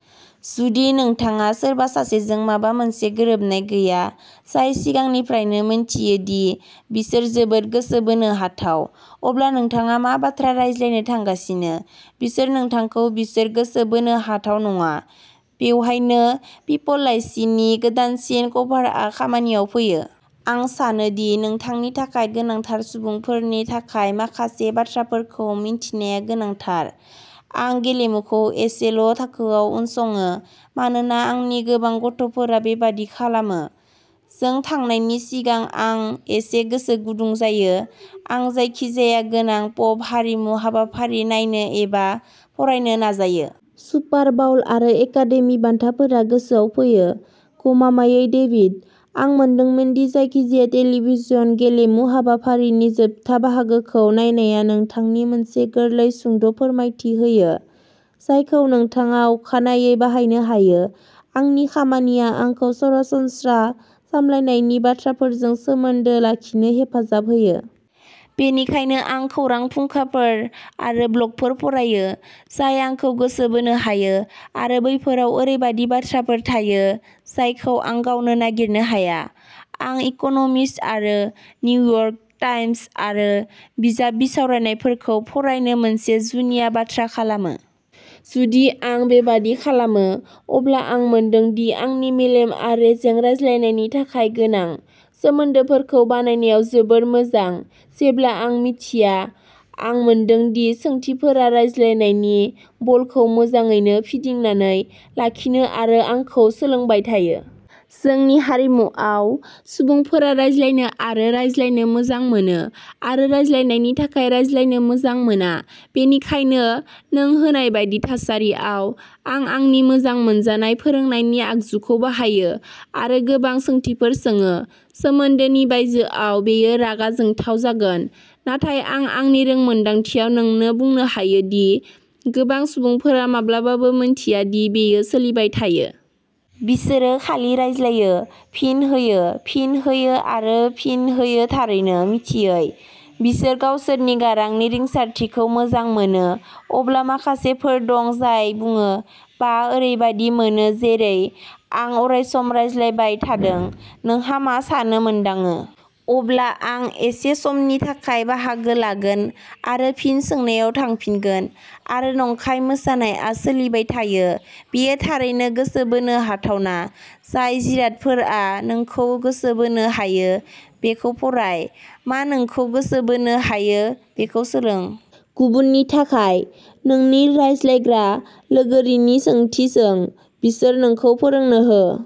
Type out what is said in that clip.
जुदि नोंथाङा सोरबा सासेजों माबा मोनसे गोरोबनाय गैया, जाय सिगांनिफ्रायनो मिन्थियो दि बिसोर जोबोद गोसो बोनो हाथाव, अब्ला नोंथाङा मा बाथ्रा रायज्लायनो थांगासिनो? बिसोर नोंथांखौ बिसोर गोसो बोनो हाथाव नङा। बेवहायनो पिपल लाइसिनि गोदानसिन कभारआ खामानियाव फैयो। आं सानो दि नोंथांनि थाखाय गोनांथार सुबुंफोरनि थाखाय माखासे बाथ्राफोरखौ मिथिनाया गोनांथार। आं गेलेमुखौ एसेल' थाखोआव उनसङो मानोना आंनि गोबां गथ' फोरा बेबादि खालामो। जों थांनायनि सिगां आं एसे गोसो गुदुं जायो। आं जायखिजाया गोनां पप हारिमु हाबाफारि नायनो एबा फरायनो नाजायो। सुपार बाउल आरो एकादेमि बान्थाफोरा गोसोआव फैयो। गमामायै, डेभिड, आं मोनदों दि जायखिजाया टेलिभिजन गेलेमु हाबाफारिनि जोबथा बाहागोखौ नायनाया नोंथांनो मोनसे गोरलै सुंद' फोरमायथि होयो, जायखौ नोंथाङा अखानायै बाहायनो हायो। आंनि खामानिया आंखौ सरासनस्रा सामलायनायनि बाथ्राफोरजों सोमोन्दो लाखिनो हेफाजाब होयो। बेनिखायनो आं खौरां फुंखाफोर आरो ब्लगफोर फरायो जाय आंखौ गोसो बोनो हायो आरो बैफोराव ओरैबायदि बाथ्राफोर थायो जायखौ आं गावनो नागिरनो हाया। आं इक'न'मिस्ट आरो निउयर्क टाइम्स आरो बिजाब बिसावरायनायफोरखौ फरायनो मोनसे जुनिया बाथ्रा खालामो। जुदि आं बेबादि खालामो, अब्ला आं मोनदों दि आंनि मेलेमआ रेजें रायज्लायनायनि थाखाय गोनां सोमोन्दोफोरखौ बानायनायाव जोबोद मोजां। जेब्ला आं मिथिया, आं मोनदों दि सोंथिफोरा रायज्लायनायनि बलखौ मोजाङैनो फिदिंनानै लाखियो आरो आंखौ सोलोंबाय थायो। जोंनि हारिमुआव, सुबुंफोरा रायज्लायनो आरो रायज्लायनो मोजां मोनो आरो रायज्लायनायनि थाखाय रायज्लायनो मोजां मोना। बेनिखायनो, नों होनाय बायदि थासारियाव, आं आंनि मोजां मोनजानाय फोरोंनायनि आगजुखौ बाहायो आरो गोबां सोंथिफोर सोङो। सोमोन्दोनि बायजोआव बेयो रागा जोंथाव जागोन, नाथाय आं आंनि रोंमोन्दांथियाव नोंनो बुंनो हायो दि गोबां सुबुंफोरा माब्लाबाबो मिन्थिया दि बेयो सोलिबाय थायो। बिसोरो खालि रायज्लायो, फिन होयो, फिन होयो आरो फिन होयो थारैनो, मिथियै। बिसोर गावसोरनि गारांनि रिंसारथिखौ मोजां मोनो। अब्ला माखासेफोर दं जाय बुङो, "बाह, ओरैबायदि मोनो जेरै आं अरायसम रायज्लायबाय थादों, नोंहा मा सानो मोनदाङो?" अब्ला, आं एसे समनि थाखाय बाहागो लागोन आरो फिन सोंनायाव थांफिनगोन आरो नंखाय मोसानायआ सोलिबाय थायो। बेयो थारैनो गोसो बोनो हाथावना। जाय जिरादफोरा नोंखौ गोसो बोनो हायो बेखौ फराय। मा नोंखौ गोसो बोनो हायो बेखौ सोलों। गुबुननि थाखाय, नोंनि रायज्लायग्रा लोगोरिनि सोंथि सों। बिसोर नोंखौ फोरोंनो हो।